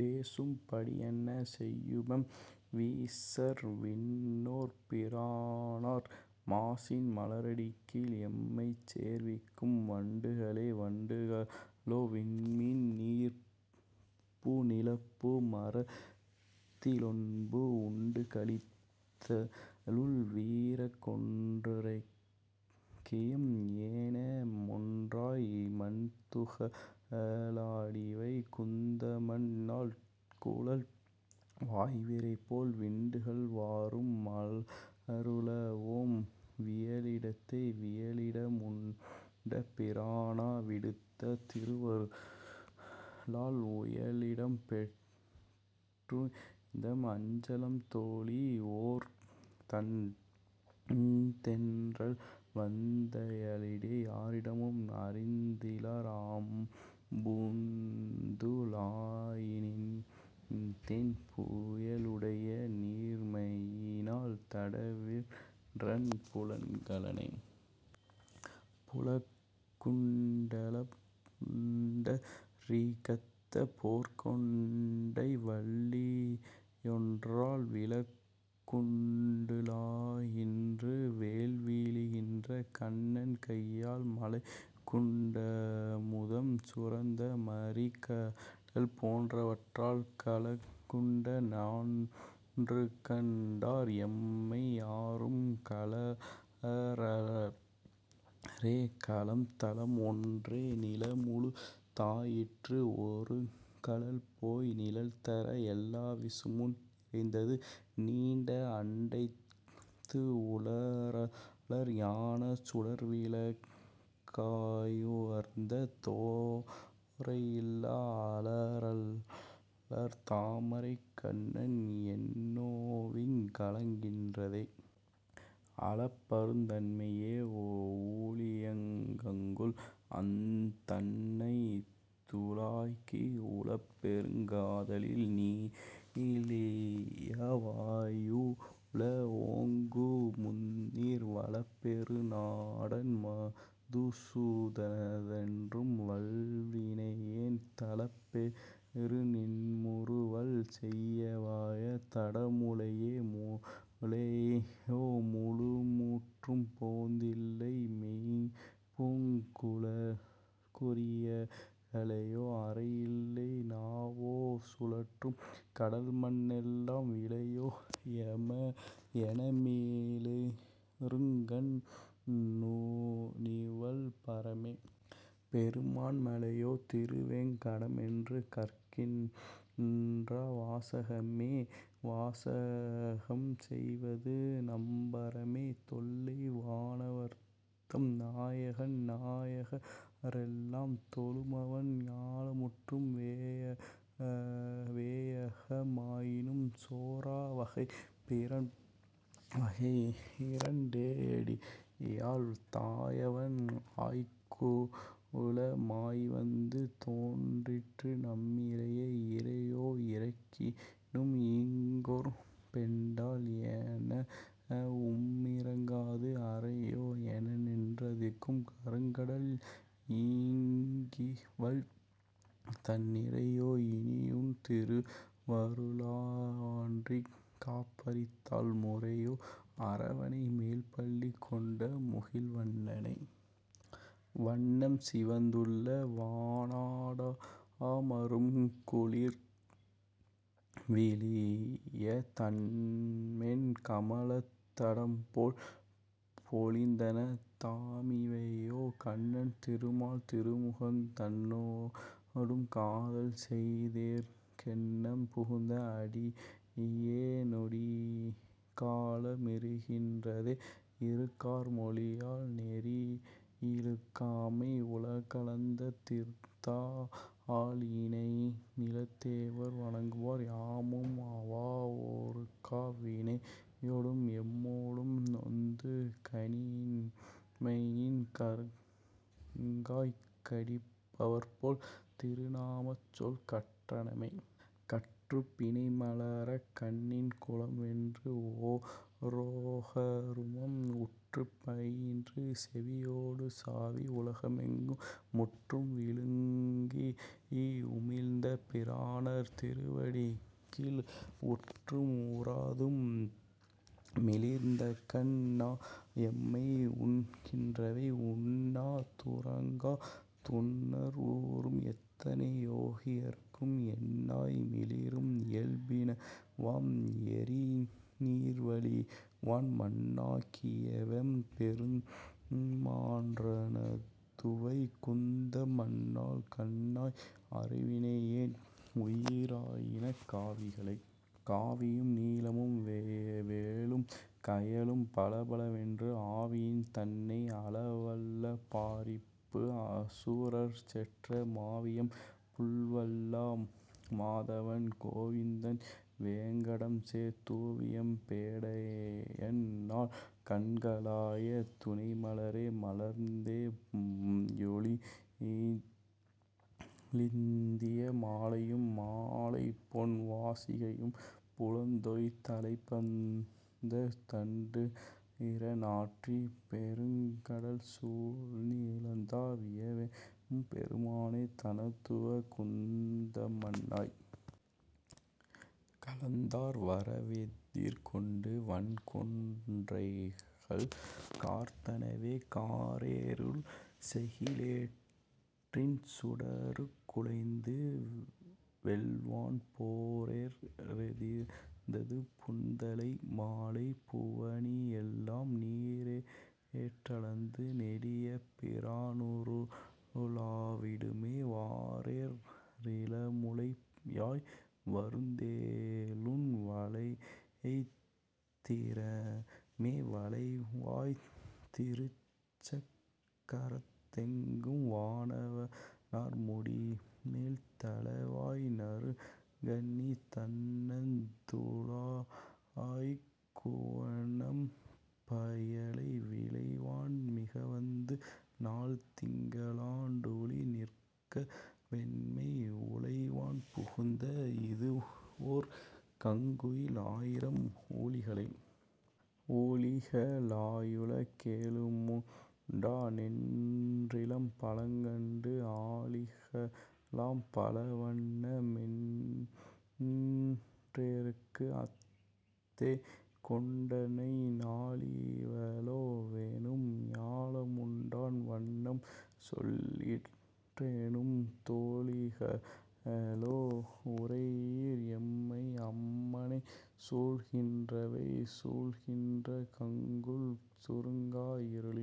டேசும் படியன்ன செய்யுமெம் மீசர்விண் ணோர்பிரானார் மாசின் மலரடிக் கீழ், எம்மைச் சேர்விக்கும் வண்டுகளே வண்டுக ளோ. வம்மின் நீர்ப்பூ நிலப்பூ மரத்திலொண்பூ, உண்டுகளித்துழல் வீர்க்கொன்றுரைக்கியம், ஏனமொன்றாய் மண்துக ளாடிவை குந்தமன்னாள்குழல் வாய்விரைபோல் விண்டுகள் வாரும், மலருள வோம் வியலிடத்தே? வியலிட முண்ட பிரானா விடுத்த திருவருளால், உயலிடம் பெற்றுய்ந்தம் அஞ்சலம் தோழி, ஓர் தண்தென்றல்வந் தயலிடை யாரும் அறிந்திலர் அம்பூந் துழாயினின்தேன் புயலுடை நீர்மையி னால், தடவிற்றென் புலன்கலனே. புலக்குண் டலப்புண்ட ரீகத்த போர்க்கொண்டை, வல்லியொன்றால் விலக்குண் டுலாகின்று வேல்விழிக் கின்றன, கண்ணன் கையால் மலக்குண் டமுதம் சுரந்த மறிகடல் போன்றவற்றால் கலக்குண்ட நான்றுகண் டார், எம்மை யாரும் கழறலரே. கழல்தலம் ஒன்றே நிலமுழு தாயிற்று, ஒருகழல்போய் நிழல்தர எல்லா விசும்பும் நிறைந்தது, நீண்ட அண்டத்து உழறலர் ஞானச் சுடர்விளக் காயுயர்ந் தோரையில்லா அழறலர் தாமரைக் கண்ணன், என்னோவிங் களக்கின்றதே? அளப்பருந் தன்மைய ஊழியங் கங்குல், அந் தண்ணந்துழாய்க்கு உளப்பெருங் காதலில் நீளிய வாயுள, ஓங்குமுந்நீர் வளப்பெரு நாடன் மதுசூ தனனென்னும் வல்வினையேன் தளப்பெரு நீண்முறு வல், செய்யவாய தடமுலையே. முலையோ முழுமுற்றும் போந்தில, மொய்பூங் குழல்குறிய கலையோ அரையில்லை நாவோகுழறும், கடல்மண்ணெல்லாம் விலையோ எனமிளி ருங்கண் ணிவள்பர மே. பெருமான் மலையோ திருவேங் கடமென்று கற்கின்றா வாசகமே? வாசகம் செய்வது நம்பரமே?, தொல்லை வானவர்தம் நாயகன் நாயக ரெல்லாம் தொழுமவன், ஞாலமுற்றும் வேயக மாயினும் சோரா வகையிரண் டேயடியால் தாயவன், ஆய்க்குல மாய்வந்து தோன்றிற்று நம்மிறையே. இறையோ இரக்கினும் ஈங்கோர்பெண்டால், என வும்மிரங்காது, அறையோ. எனநின் றதிரும் கருங்கடல், ஈங்க்கிவள்தன் நிறையோ இனியுன் திருவருளாலன்றிக் காப்பரிதால் முறையோ, அரவணை மேல்பள்ளி கொண்ட முகில்வண்ணனே. வண்ணம் சிவந்துள வானாடமரும் குளிர்விழிய, தண்மென் கமலத் தடம்போல் பொலிந்தன, தாமிவையோ கண்ணன் திருமால் திருமுகந் தன்னொடும் காதல்செய்தேற் கெண்ணம் புகுந்து, அடி யேனொடிக் கால மிருகின்றதே. இருக்கார் மொழியால் நெறியிழுக்காமை, உலகளந்த திருத்தா ளிணைநிலத் தேவர் வணங்குவர், யாமும் அவா ஒருக்கா வினையொடும் எம்மொடும் நொந்து கனியின்மையின் கருக்காய் கடிப்பவர் போல், திருநாமச்சொல் கற்றனமே. கற்றுப் பிணைமலர்க் கண்ணின் குலம்வென்று, ஓ ரோகருமம் உற்றுப் பயின்று செவியொடு சாவி, உலகமெல்லாம் முற்றும் விழுங்க்கி யுமிழ்ந்த பிரானார் திருவடிக்கீழ் உற்றும் உறாதும், மிளீர்ந்தகண் ணாயெம்மை உண்கின்றவே. உண்ணா துறங்கா துணர்வுறும் எத்தனை யோகியர்க்கும் எண்ணாய் மிளிரும் இயல்பினவாம், எரி நீர்வளிவான் மண்ணா கியவெம் பெருமான்றனதுவை குந்தமன்னாள் கண்ணாய் அருவினை யேன், உயிராயின காவிகளே. காவியும் நீலமும் வேலும் கயலும் பலபலவென்று, ஆவியின் தன்மை அளவல்ல பாரிப்பு, அசுரர்செற்ற மாவியம் புள்வல்ல மாதவன் கோவிந்தன் வேங்கடம்சேர் தூவியம் பேடையன் னாள், கண்களாய துணைமலரே. மலர்ந்தே யொழிலிந்தில மாலையும் மாலைபொன் வாசிகையும் புலந்தோய் தழைப்பந்தர் தண்டுற நாற்றி, பொருகடல்சூழ் நிலந்தா வியவெம் பெருமான் தனதுவை குந்தமன்னாய். கலந்தார் வரவெதிர் கொண்டு, வன் கொன்றைகள் கார்த்தனவே. காரேற் றிருள்செகி லேற்றின் சுடருக் குளைந்து, வெல்வான் போரேற் றெதிர்ந்தது புன்தலை மாலை, புவனியெல்லாம் நீரேற் றளந்த நெடிய பிரானரு ளாவிடுமே? வாரேற் றிளமுலை யாய், வருந்தேலுன் வளைத்திறமே. வளைவாய்த் திருச்சக் கரத்தெங்கள் வானவ னார்முடிமேல், தளைவாய் நறுங்கண்ணித் தண்ணந் துழாய்க்குவண் ணம்பயலை, விளைவான் மிகவந்து நாள்திங்க ளாண்டூழி நிற்கவெம்மை உளைவான் புகுந்து, இது வோர்கங்குல் ஆயிரம் ஊழிகளே. ஊழிக ளாயுல கேழுமுண் டானென் றிலம், பழங்கண்டு ஆழிக ளாம்பழ வண்ணமென் றேற்க்கு, அஃ தேகொண்டன்னை நாழிவ ளோவெனும் ஞாலமுண் டான்வண்ணம் சொல்லிற்றென்னும் தோழிக ளோ. உரை யீர், எம்மை அம்மனை சூழ்கின்றவே. சூழ்க்கின்ற கங்குல் சுருங்கா இருளின்